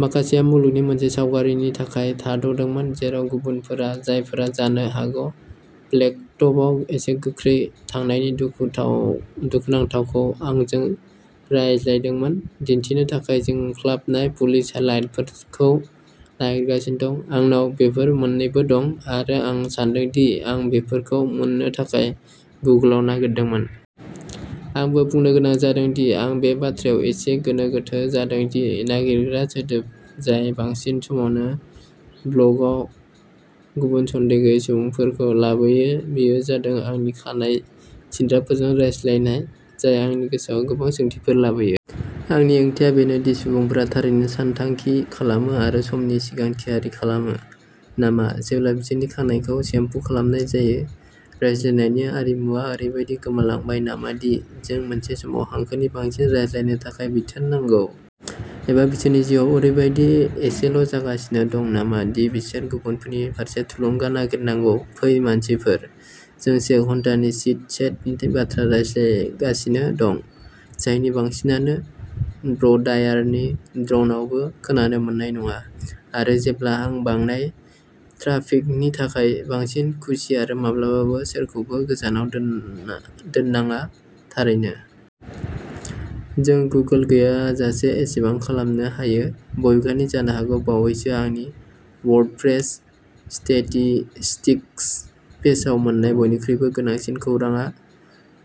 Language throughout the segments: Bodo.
माखासेया मुलुगनि मोनसे सावगारिनि थाखाय थाद'दोंमोन जेराव गुबुनफोरा, जायफोरा जानो हागौ ब्लेकटपआव एसे गोख्रै थांनायनि दुखुनांथावखौ आंजों रानलायदोंमोन, दिन्थिनो थाखाय जोंख्लाबनाय पुलिस लाइटफोरखौ नागिरगासिनो दं। आंनाव बेफोर मोन्नैबो दं आरो आं सान्दों दि आं बेफोरखौ मोननो थाखाय गुगोलआव नागिरदोंमोन। आंबो बुंनो गोनां जादों दि आं बे बाथ्रायाव एसे गोनो गोथो जादों दि नागिरग्रा सोदोब जाय बांसिन समावनो ब्ल'गआव गुबुन सन्देह गैयै सुबुंफोरखौ लाबोयो बेयो जादों "आंनि खानाय सिनग्राफोरजों रायज्लायनाय" जाय आंनि गोसोआव गोबां सोंथिफोर लाबोयो। आंनि ओंथिया बेनो दि सुबुंफोरा थारैनो सानथांखि खालामो आरो समनि सिगां थियारि खालामो नामा, जेब्ला बिसोरनि खानाइखौ सेम्पु खालामनाय जायो? रायज्लायनायनि आरिमुआ ओरैबायदि गोमालांबाय नामा दि जों मोनसे समाव हांखोनि बांसिन रायज्लायनो थाखाय बिथोन नांगौ? एबा बिसोरनि जिउआव ओरैबायदि एसेल'जागासिनो दं नामा दि बिसोर गुबुनफोरनि फारसे थुलुंगा नागिरनांगौ? फै मानसिफोर! जों से घन्टानि चिट चेटनि बाथ्रा रायज्लांगासिनो दं, जायनि बांसिनानो ब्ल'ड्रायारनि ड्रोनआवबो खोनानो मोननाय नङा। आरो जेब्ला आं बांनाय ट्राफिकनि थाखाय बांसिन खुसि आरो माब्लाबाबो सोरखौबो गोजानाव दोन्नाङा, थारैनो। जों गुगोल गैयाजासे एसेबां खालामनो हायो। बबेखानि, जानो हागौ बावैसो आंनि वर्डप्रेस स्टेटिस्टिक्स पेजआव मोन्नाय बयनिख्रुइबो गोनांसिन खौरांआ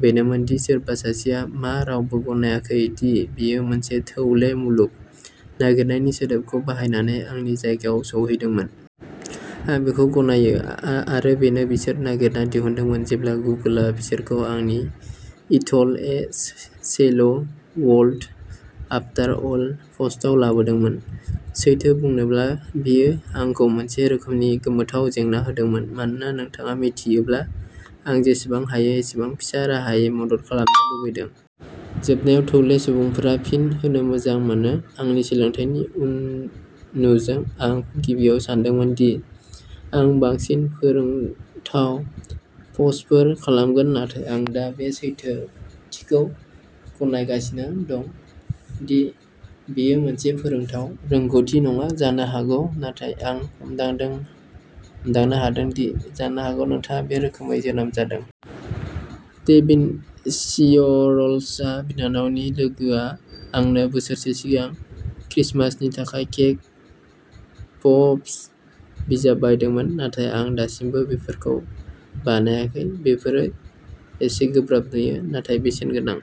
बेनोमोन दि सोरबा सासेया "मा रावबो गनायाखै दि बेयो मोनसे थौले मुलुग? " नागिरनायनि सोदोबखौ बाहायनानै आंनि जायगायाव सौहैदोंमोन। आं बेखौ गनायो!! आरो बेनो बिसोर नागिरना दिहुनदोंमोन जेब्ला गुगोलआ बिसोरखौ आंनि "it's a shallow world after all" पस्टआव लाबोदोंमोन। सैथो बुंनोब्ला, बेयो आंखौ मोनसे रोखोमनि गोमोथाव जेंना होदोंमोन मानोना नोंथाङा मिथियोब्ला, आं जेसेबां हायो एसेबां फिसा राहायै मदद खालामनो लुबैदों। जोबनायाव, थौले सुबुंफोरा फिन होनो मोजां मोनो। आंनि सोलोंथायनि उननुजों आं गिबियाव सानदोंमोन दि आं बांसिन "फोरोंथाव" पस्टफोर खालामगोन नाथाय आं दा बे सैथोथिखौ गनायगासिनो दं दि बेयो मोनसे "फोरोंथाव" रोंग'थि नङा जानो हागौ नाथाय आं हमदांनो हादों दि जानो हागौ नोंथाङा "बे रोखोमै जोनोम जादों"। डेभिन सियरल्सआ। बिनानावनि लोगोआ आंनो बोसोरसे सिगां क्रिसमासनि थाखाय केक पप्स बिजाब बायदोंमोन, नाथाय आं दासिमबो बेफोरखौ बानायाखै। बेफोर एसे गोब्राब नुयो, नाथाय बेसेनगोनां।